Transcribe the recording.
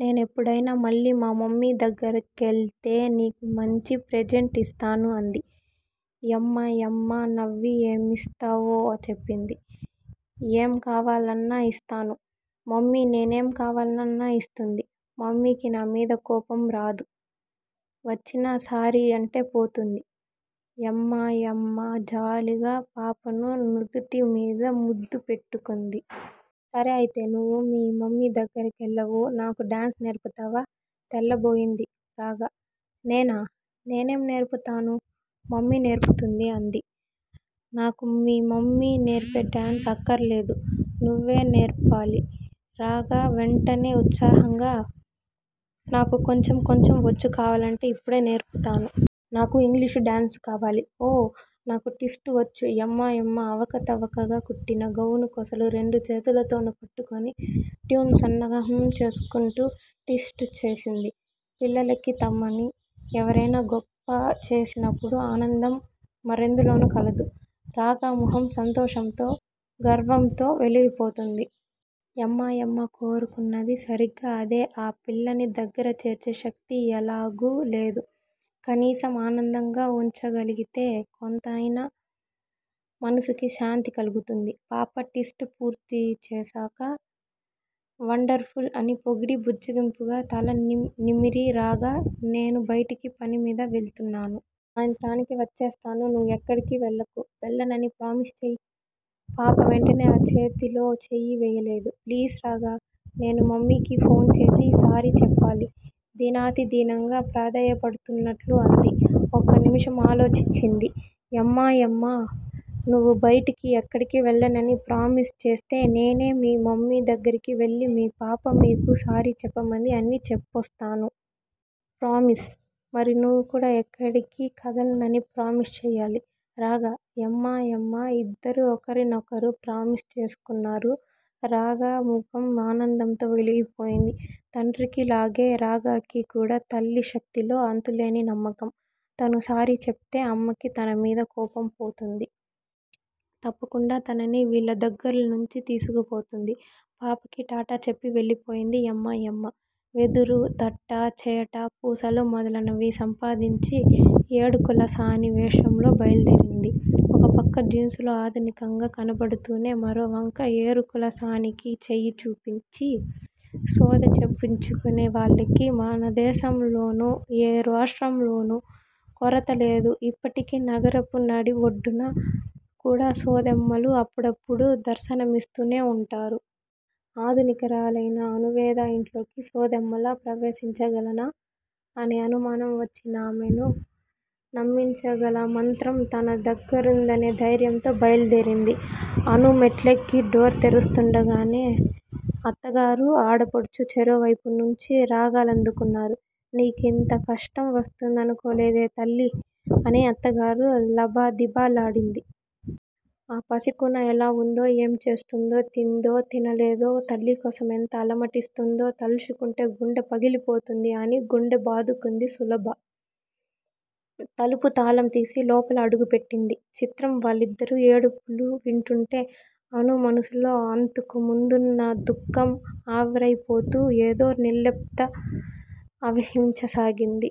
నేనెప్పుడైనా మళ్ళీ మా మమ్మీ దగ్గర కెళ్తే నీకు మంచి ప్రజెంట్ ఇస్తాను, అంది. యమ్మాయమ్మ నవ్వి ఏమిస్తావో చెప్పింది. ఏం కావాలన్నా యిస్తాను. మమ్మీ నేనేం కావాలన్నా యిస్తుంది. మమ్మికి నామీద కోపం రాడు. వచ్చినా సారీ అంటే పోతుంది యమ్మాయమ్మ జాలిగా పాపను నుదుటి మీద ముద్దు పెట్టుకుంది. సరే అయితే నువు మీ మమ్మీ దగ్గర కెళ్ళావు నాకు డాన్సు నేర్పుతావా? తెల్లబోయింది రాగ. నేనా? నేనేం నేర్పుతాను. మమ్మీ నేర్పుతుంది. అంది. నాకు మీ మమ్మీ నేర్పే డాన్సు అక్కరలేదు. నువే నేర్పాలి రాగ వెంటనే ఉత్సాహంగా. నాకు కొంచెం కొంచెం వొచ్చు కావాలంటే ఇప్పుడే నేర్పుతాను. నాకు ఇంగ్లీషు డాన్సు కావాలి. ఓ! నాకు టిస్ట్ ఒచ్చు యమ్మాయమ్మ అవకతవకగా కుట్టిన గౌను కొసలు రెండు చేతులతోనూ పట్టుకుని ట్యూన్ సన్నగా హమ్ చేసుకుంటూ టిస్ట్ చేసింది. పిల్లలకి తమని ఎవరేనా గొప్ప చేసినపుడు అనందం మరెందులోనూ కలగదు. రాగ మొహం సంతోషంతో, గర్వమ్తో వెలిగిపోతోంది. యమ్మాయమ్మ కోరుకున్నది సరిగ్గా అదే ఆ పిల్లని దగ్గర చేర్చే శక్తి ఎలాగూ లేదు. కనీసం ఆనందంగా వుంచగలిగితే కొంతైనా మనసుకి శాంతి కలుగుతుంది. పాప టిస్ట్ పూర్తీ చేశాక వండర్ ఫుల్ అని పొగిడి బుజ్జగింపుగా తల నిమ్, నిమిరి, రాగా! నేను బయటికి పని మీద వెళ్తున్నాను. సాయంత్రానికి వచ్చేస్తాను. నువు ఎక్కడికి వేళ్ళకు. వెళ్ళనని ప్రామిస్ చెయ్యి. పాప వెంటనే ఆ చేతిలో చెయ్యి వెయ్యలేదు. ప్లీజ్ రాగా! నేను మమ్మికి ఫోన్ చేసి సారీ చెప్పాలి దినాతిదీనంగా ప్రాధేయపడుతున్నట్లు అంది. ఒక్క నిమిషం ఆలోచించింది యమ్మాయమ్మ. నువు బయటికి ఎక్కడికి వెళ్ళనని ప్రామిస్ చేస్తే నేనే మీ మమ్మీ దగ్గరికి వెళ్ళి మీ పాప మీకు సారీ చెప్పమంది అని చెప్పోస్తాను. ప్రామిస్? మరి నువు కూడా ఎక్కడికి కదలనని ప్రామిస్ చెయ్యాలి. రాగ యమ్మాయమ్మ యిద్దరూ ఒకరినొకరు ప్రామిస్ చేసుకున్నారు రాగ ముఖం ఆనందంతో వెలిగిపోయింది. తండ్రికి లాగే రాగకి కూడా తల్లి శక్తిలో అంతులేని నమ్మకం. తను సారీ చెప్తే అమ్మకి తనమీద కోపం పోతుంది. తప్పకుండా తనని వీళ్ళ దగ్గర్నుంచి తీసుకుపోతుంది. పాపకి టాటా చెప్పి వెళ్ళిపోయింది యమ్మాయమ్మ. వెదురు తట్ట, చేట, పూసలు మొదలినవి సంపాదించి ఎడుకులసాని వేషంలో బయల్దేరింది. ఒకపక్క జీన్సులో ఆధునికంగా కనపడుతూనే మరో వంక ఎరుకులసానికి చెయ్యి చూపించి సోదె చెప్పించుకునే వాళ్ళకి మనదేశంలోను, ఏ రాష్ట్రంలోను కొరత లేదు ఇప్పటికి నగరపు నడివొడ్డున కూడా సోదెమ్మలు అప్పుడప్పుడు దర్శనమిస్తూనే వుంటారు. ఆధునికురాలైన అణువేద యింట్లోకి సోదేమ్మలా ప్రవేశించగలనా అనే అనుమానం వచ్చినా ఆమెను నమ్మించగల మంత్రం తన దగ్గిరుందనే ధైర్యంతో బయల్దేరింది. అణు మెట్లెక్కి డోర్ తెరుస్తుండగానే అత్తగారూ, ఆడపడుచు చెరో వైపు నుంచి రాగాలందుకున్నారు. నీకింత కష్టం వస్తుందనుకోలేదే తల్లి! అని అత్తగారు లబదిబ లాడింది. ఆ పసికూన ఎలా వుందో? ఏం చేస్తోందో? తిందో తినలేదో? తల్లికోసం ఎంత అలమటిస్తుందో? తలచుకుంటే గుండె పగిలిపోతోంది అని గుండె బాదుకుంది సులభ. తలుపు తాళం తీసి లోపల అడుగు పెట్టింది. చిత్రం వాళ్ళిద్దరూ ఏడుపులు వింటుంటే అణు మనసులో అంతకుముందున్న దుఖం ఆవిరైపోతూ ఏదో నిర్లిప్త ఆవహించసాగింది.